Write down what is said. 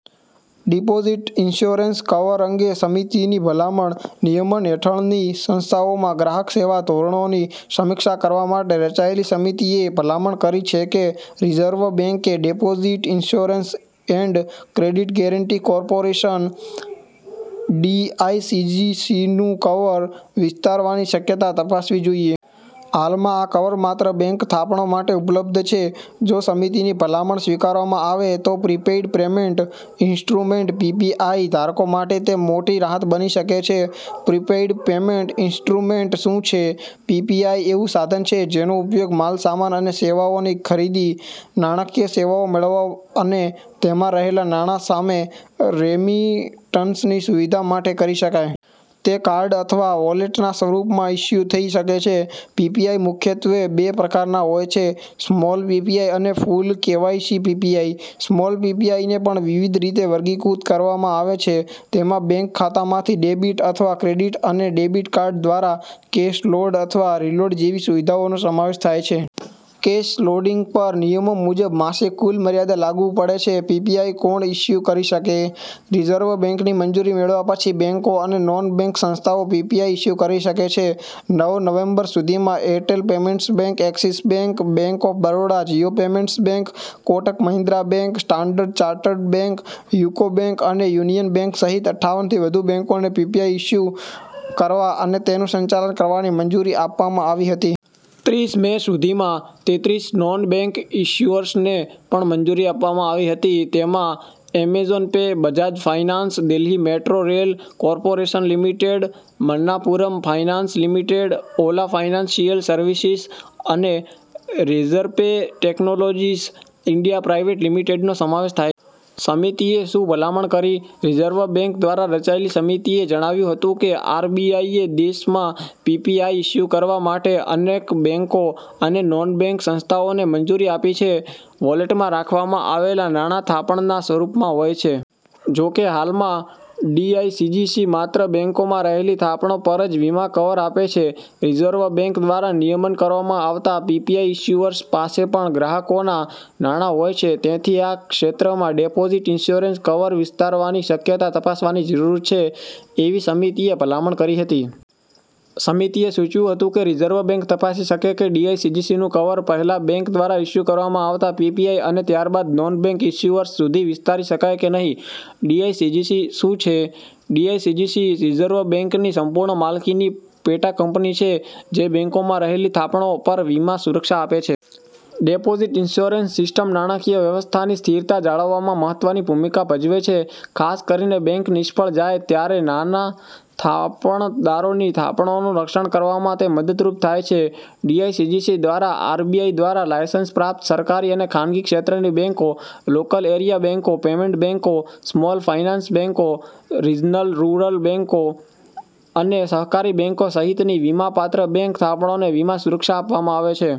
Deposit insurance cover અંગે સમિતિની ભલામણ, નિયમન હેઠળની સંસ્થાઓમાં ગ્રાહક સેવા ધોરણોની સમીક્ષા કરવા માટે રચાયેલી સમિતિએ ભલામણ કરી છે કે રિઝર્વ બેંકે deposit insurance and credit guarantee corporation (ડીઆઈસીજીસી)નું કવર વિસ્તારવાની શક્યતા તપાસવી જોઈએ. હાલમાં આ કવર માત્ર બેંક થાપણો માટે ઉપલબ્ધ છે. જો સમિતિની ભલામણ સ્વીકારવામાં આવે, તો પ્રીપેઇડ પેમેન્ટ ઇન્સ્ટ્રુમેન્ટ (પીપીઆઈ) ધારકો માટે તે મોટી રાહત બની શકે છે. પ્રીપેઇડ પેમેન્ટ ઇન્સ્ટ્રુમેન્ટ શું છે? પીપીઆઈ એવું સાધન છે, જેનો ઉપયોગ માલસામાન અને સેવાઓની ખરીદી, નાણાકીય સેવાઓ મેળવવા અને તેમાં રહેલા નાણાં સામે રેમિટન્સની સુવિધા માટે કરી શકાય છે. તે કાર્ડ અથવા વૉલેટના સ્વરૂપમાં ઇશ્યૂ થઈ શકે છે. પીપીઆઈ મુખ્યત્વે બે પ્રકારના હોય છે, સ્મોલ પીપીઆઈ અને ફુલ-કેવાયસી પીપીઆઈ. સ્મોલ પીપીઆઈને પણ વિવિધ રીતે વર્ગીકૃત કરવામાં આવે છે. તેમાં બેંક ખાતામાંથી ડેબિટ અથવા ક્રેડિટ અને ડેબિટ કાર્ડ દ્વારા કેશ લોડ અથવા રીલોડ જેવી સુવિધાઓનો સમાવેશ થાય છે. કેશ લોડિંગ પર નિયમો મુજબ માસિક કુલ મર્યાદા લાગુ પડે છે. પીપીઆઈ કોણ ઇશ્યૂ કરી શકે? રિઝર્વ બેંકની મંજૂરી મેળવ્યા પછી બેંકો અને નોન-બેંક સંસ્થાઓ પીપીઆઈ ઇશ્યૂ કરી શકે છે. નવ નવેમ્બર સુધીમાં Airtel payments bank, Axis bank, bank of Baroda, Jio payments bank, Kotak Mahindra bank, standard chartered bank, UCO bank અને યુનિયન બેંક સહિત અઠાવન થી વધુ બેંકોને પીપીઆઈ ઇશ્યૂ કરવા અને તેનું સંચાલન કરવાની મંજૂરી આપવામાં આવી હતી. ત્રીસ મે સુધીમાં તેત્રીસ નોન-બેંક ઇશ્યુઅર્સને પણ મંજૂરી આપવામાં આવી હતી. તેમાં Amazon pay, Bajaj finance, Delhi metro rail corporation limited, Manappuram finance limited, Ola financial services અને રેઝરપે ટેક્નોલોજીસ ઇન્ડિયા પ્રાઇવેટ લિમિટેડનો સમાવેશ થાય છે. સમિતિએ શું ભલામણ કરી? રિઝર્વ બેંક દ્વારા રચાયેલી સમિતિએ જણાવ્યું હતું કે આરબીઆઈએ દેશમાંપીપીઆઈ ઇશ્યૂ કરવા માટે અનેક બેંકો અને નોન-બેંક સંસ્થાઓને મંજૂરી આપી છે. વૉલેટમાં રાખવામાં આવેલા નાણાં થાપણના સ્વરૂપમાં હોય છે. જોકે, હાલમાં ડીઆઈસીજીસી માત્ર બેંકોમાં રહેલી થાપણો પર જ વીમા કવર આપે છે. રિઝર્વ બેંક દ્વારા નિયમન કરવામાં આવતા પીપીઆઈ ઇશ્યુઅર્સ પાસે પણ ગ્રાહકોના નાણાં હોય છે. તેથી આ ક્ષેત્રમાં ડિપોઝિટ ઇન્શ્યોરન્સ કવર વિસ્તારવાની શક્યતા તપાસવાની જરૂર છે, એવી સમિતિએ ભલામણ કરી હતી. સમિતિએ સૂચવ્યું હતું કે રિઝર્વ બેંક તપાસી શકે કે ડીઆઈસીજીસીનું કવર પહેલા બેંક દ્વારા ઇશ્યૂ કરવામાં આવતા પીપીઆઈ અને ત્યારબાદ નોન-બેંક ઇશ્યુઅર્સ સુધી વિસ્તારી શકાય કે નહીં. ડીઆઈસીજીસી શું છે? ડીઆઈસીજીસી રિઝર્વ બેંકની સંપૂર્ણ માલિકીની પેટાકંપની છે, જે બેંકોમાં રહેલી થાપણો પર વીમા સુરક્ષા આપે છે. ડિપોઝિટ ઇન્શ્યોરન્સ સિસ્ટમ નાણાકીય વ્યવસ્થાની સ્થિરતા જાળવવામાં મહત્વની ભૂમિકા ભજવે છે. ખાસ કરીને બેંક નિષ્ફળ જાય ત્યારે નાના થાપણદારોની થાપણોનું રક્ષણ કરવામાં તે મદદરૂપ થાય છે. ડીઆઈસીજીસી દ્વારા આરબીઆઈ દ્વારા લાઇસન્સ પ્રાપ્ત સરકારી અને ખાનગી ક્ષેત્રની બેંકો, લોકલ એરિયા બેંકો, પેમેન્ટ બેંકો, સ્મોલ ફાઇનાન્સ બેંકો, રિજનલ રૂરલ બેંકો અને સહકારી બેંકો સહિતની વીમાપાત્ર બેંક થાપણોને વીમા સુરક્ષા આપવામાં આવે છે.